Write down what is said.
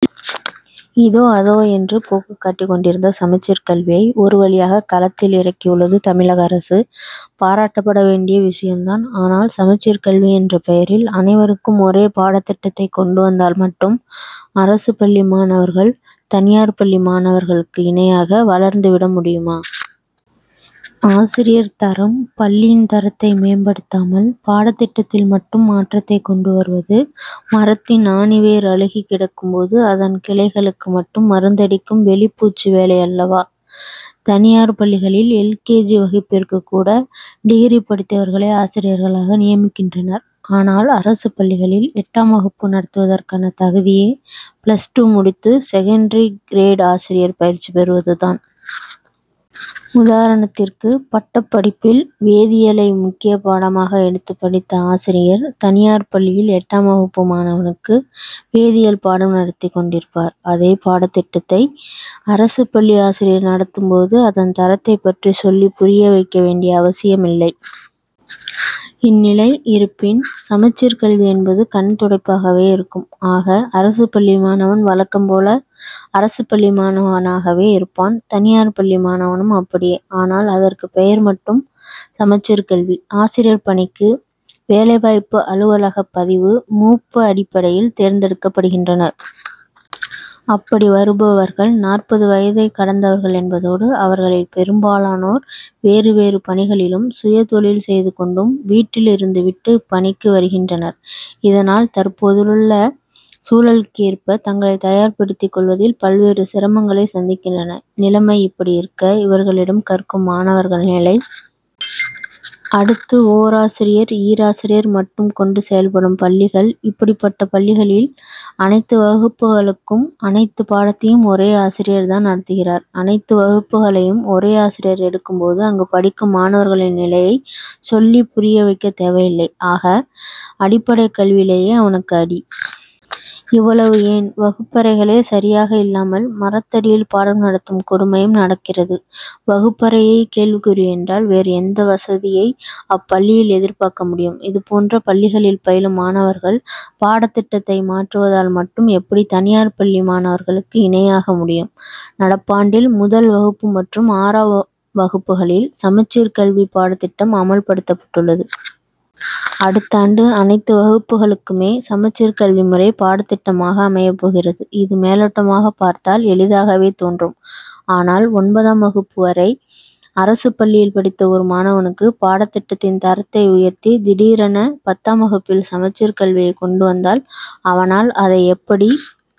இதோ அதோ என்று போக்குக் காட்டிக் கொண்டிருந்த சமச்சீர் கல்வியை, ஒருவழியாக, களத்தில் இறக்கியுள்ளது தமிழக அரசு; பாராட்டப்பட வேண்டிய விஷயம் தான். ஆனால், சமச்சீர் கல்வி என்ற பெயரில் அனைவருக்கும் ஒரே பாடத்திட்டத்தை கொண்டு வந்தால் மட்டும் அரசு பள்ளி மாணவர்கள், தனியார் பள்ளி மாணவர்களுக்கு இணையாக வளர்ந்து விட முடியுமா? ஆசிரியர் தரம், பள்ளியின் தரத்தை மேம்படுத்தாமல், பாடத்திட்டத்தில் மட்டும் மாற்றத்தை கொண்டு வருவது, மரத்தின் ஆணிவேர் அழுகிக் கிடக்கும் போது, அதன் கிளைகளுக்கு மட்டும் மருந்தடிக்கும் வெளிப்பூச்சு வேலையல்லவா! தனியார் பள்ளிகளில், எல். கே. ஜி., வகுப்பிற்கு கூட, டிகிரி படித்தவர்களை ஆசிரியர்களாக நியமிக்கின்றனர். ஆனால், அரசு பள்ளிகளில்எட்டாம் வகுப்பு நடத்துவதற்கான தகுதியே, பிளஸ் டூ முடித்து, செகண்டரி கிரேடு ஆசிரியர் பயிற்சி பெறுவது தான்! உதாரணத்திற்கு, பட்டப் படிப்பில் வேதியியலை முக்கியப் பாடமாக எடுத்து படித்த ஆசிரியர், தனியார் பள்ளியில், எட்டாம் வகுப்பு மாணவனுக்கு, வேதியியல் பாடம் நடத்திக் கொண்டிருப்பார். அதே பாடத்திட்டத்தை, அரசு பள்ளி ஆசிரியர் நடத்தும் போது, அதன் தரத்தைப் பற்றி சொல்லிப் புரிய வைக்க வேண்டிய அவசியம் இல்லை. இந்நிலை இருப்பின், சமச்சீர் கல்வி என்பது கண்துடைப்பாகவே இருக்கும். ஆக, அரசு பள்ளி மாணவன் வழக்கம் போல, அரசு பள்ளி மாணவனாகவே இருப்பான்; தனியார் பள்ளி மாணவனும் அப்படியே! ஆனால், அதற்கு பெயர் மட்டும் சமச்சீர் கல்வி. ஆசிரியர் பணிக்கு, வேலை வாய்ப்பு அலுவலகப் பதிவு மூப்பு அடிப்படையில் தேர்ந்தெடுக்கப்படுகின்றனர். அப்படி வருபவர்கள், நாற்பது வயதை கடந்தவர்கள் என்பதோடு, அவர்களில் பெரும்பாலானோர், வேறு வேறு பணிகளிலும், சுயதொழில் செய்து கொண்டும், வீட்டிலும் இருந்துவிட்டு, இப்பணிக்கு வருகின்றனர். இதனால், தற்போதுள்ள சூழலுக்கேற்ப தங்களை தயார்படுத்திக் கொள்வதில், பல்வேறு சிரமங்களை சந்திக்கின்றனர். நிலைமை இப்படியிருக்க, இவர்களிடம் கற்கும் மாணவர்கள் நிலை? அடுத்து, ஓராசிரியர், ஈராசியர் மட்டும் கொண்டு செயல்படும் பள்ளிகள்! இப்படிப்பட்ட பள்ளிகளில், அனைத்து வகுப்புகளுக்கும், அனைத்து பாடத்தையும் ஒரே ஆசிரியர் தான் நடத்துகிறார். அனைத்து வகுப்புகளையும் ஒரே ஆசிரியர் எடுக்கும் போது, அங்கு படிக்கும் மாணவர்களின் நிலையை சொல்லிப் புரிய வைக்கத் தேவையில்லை. ஆக, அடிப்படைக் கல்வியிலேயே அவனுக்கு அடி! இவ்வளவு ஏன்வகுப்பறைகளே சரியாக இல்லாமல், மரத்தடியில் பாடம் நடத்தும் கொடுமையும் நடக்கிறது. வகுப்பறையே கேள்விக்குறி என்றால், வேறு எந்த வசதியை அப்பள்ளியில் எதிர்பார்க்க முடியும். இதுபோன்ற பள்ளிகளில் பயிலும் மாணவர்கள், பாடத்திட்டத்தை மாற்றுவதால் மட்டும், எப்படி தனியார் பள்ளி மாணவர்களுக்கு, இணையாக முடியும்? நடப்பாண்டில், முதல் வகுப்பு மற்றும் ஆறாம் வகுப்புகளில், சமச்சீர் கல்வி பாடத்திட்டம் அமல் படுத்தப்பட்டுள்ளது. அடுத்தாண்டு, அனைத்து வகுப்புகளுக்குமே சமச்சீர் கல்வி முறை பாடத்திட்டமாக அமையப் போகிறது. இது, மேலோட்டமாக பார்த்தால் எளிதாகவே தோன்றும். ஆனால், ஒன்பதாம் வகுப்பு வரை, அரசு பள்ளியில் படித்த ஒரு மாணவனுக்கு, பாடத்திட்டத்தின் தரத்தை உயர்த்தி, திடீரென, பத்தாம் வகுப்பில், சமச்சீர் கல்வியை கொண்டு வந்தால், அவனால், அதை எப்படி